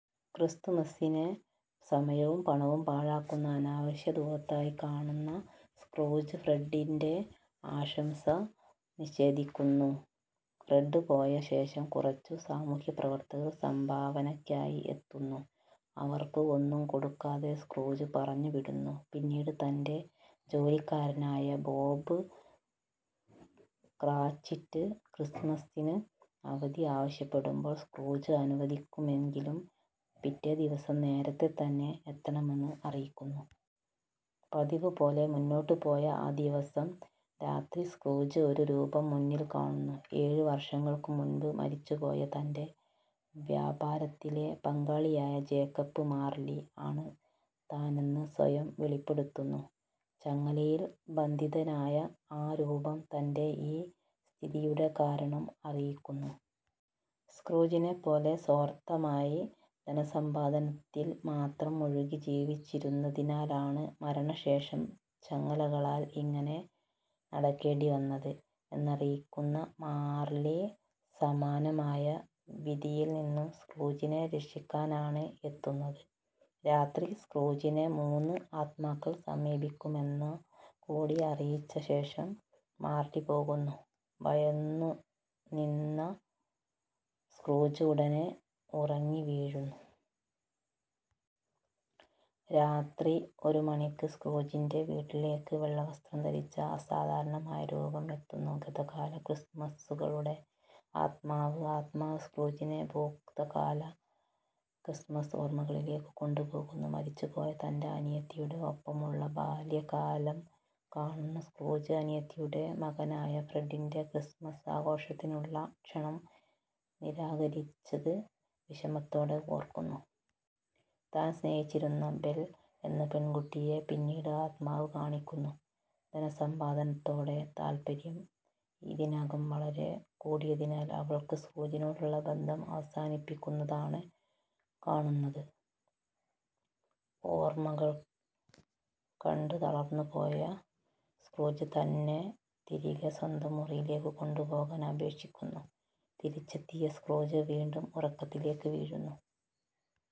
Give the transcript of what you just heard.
ക്രിസ്മസിനെ സമയവും പണവും പാഴാക്കുന്ന അനാവശ്യ ധൂർത്തായി കാണുന്ന സ്ക്രൂജ് ഫ്രഡിന്റെ ആശംസ നിഷേധിക്കുന്നു. ഫ്രെഡ് പോയ ശേഷം കുറച്ചു സാമൂഹ്യപ്രവർത്തകർ സംഭാവനയ്കായി എത്തുന്നു. അവർക്ക് ഒന്നും കൊടുക്കാതെ സ്ക്രൂജ് പറഞ്ഞുവിടുന്നു. പിന്നീട് തന്റെ ജോലിക്കാരനായ ബോബ് ക്റാചിറ്റ് ക്രിസ്മസിന് അവധി ആവശ്യപ്പെടുമ്പോൾ സ്ക്രൂജ് അനുവദിക്കുമെങ്കിലും പിറ്റേ ദിവസം നേരത്തെ തന്നെ എത്തണമെന്ന് അറിയിക്കുന്നു. പതിവ് പോലെ മുന്നോട്ടു പോയ ആ ദിവസം രാത്രി സ്ക്രൂജ് ഒരു രൂപം മുന്നിൽ കാണുന്നു. ഏഴ് വർഷങ്ങൾക്കുമുൻപ് മരിച്ചുപോയ തന്റെ വ്യാപാരത്തിലെ പങ്കാളിയായ ജേക്കബ് മാർലി ആണ് താനെന്ന് സ്വയം വെളിപ്പെടുത്തുന്ന ചങ്ങലയിൽ ബന്ധിതനായ ആ രൂപം തൻ്റെ ഈ സ്ഥിതിയുടെ കാരണം അറിയിക്കുന്നു. സ്ക്രൂജിനെപ്പോലെ സ്വാർത്ഥമായി ധനസമ്പാദനത്തിൽ മാത്രം മുഴുകി ജീവിച്ചിരുന്നതിനാലാണ് മരണശേഷം ചങ്ങലകളാൽ ഇങ്ങനെ നടക്കേണ്ടി വരുന്നത് എന്നറിയിക്കുന്ന മാർലി സമാനമായ വിധിയിൽ നിന്നും സ്ക്രൂജിനെ രക്ഷിക്കാനാണ് എത്തുന്നത്. രാത്രി സ്ക്രൂജിനെ മൂന്ന് ആത്മാക്കൾ സമീപിക്കുമെന്നുകൂടി അറിയിച്ച ശേഷം മാർലി പോകുന്നു. ഭയന്നുനിന്ന സ്ക്രൂജ് ഉടനേ ഉറങ്ങി വീഴുന്നു. രാത്രി ഒരു മണിയ്ക്ക് സ്ക്രൂജിന്റെ വീട്ടിലേക്ക് വെള്ളവസ്ത്രം ധരിച്ച അസാധാരണമായ രൂപം എത്തുന്നു. ഗതകാല ക്രിസ്മസുകളുടെ ആത്മാവ്. ആത്മാവ് സ്ക്രൂജിനെ ഭൂതകാല ക്രിസ്മസ് ഓർമകളിലേക്ക് കൊണ്ടുപോകുന്നു. മരിച്ചുപോയ തൻ്റെ അനിയത്തിയുടെ ഒപ്പമുള്ള ബാല്യകാലം കാണുന്ന സ്ക്രൂജ് അനിയത്തിയുടെ മകനായ ഫ്രെഡിന്റെ ക്രിസ്മസ് ആഘോഷത്തിനുള്ള ക്ഷണം നിരാകരിച്ചത് വിഷമത്തോടെ ഓർക്കുന്നു. താൻ സ്നേഹിച്ചിരുന്ന ബെൽ എന്ന പെൺകുട്ടിയെ പിന്നീട് ആത്മാവ് കാണിക്കുന്നു. ധനസമ്പാദനത്തോടുള്ള താല്പര്യം ഇതിനകം വളരെ കൂടിയതിനാൽ അവൾ സ്ക്രൂജിനോടുള്ള ബന്ധം അവസാനിപ്പിക്കുന്നതാണ് കാണുന്നത്. ഓർമ്മകൾ കണ്ട് തളർന്നുപോയ സ്ക്രൂജ് തന്നെ തിരികെ സ്വന്തം മുറിയിലേക്ക് കൊണ്ടുപോകാൻ അപേക്ഷിക്കിന്നു. തിരിച്ചെത്തിയെ സ്ക്രൂജ് വീണ്ടും ഉറക്കത്തിലേക്ക് വീഴുന്നു.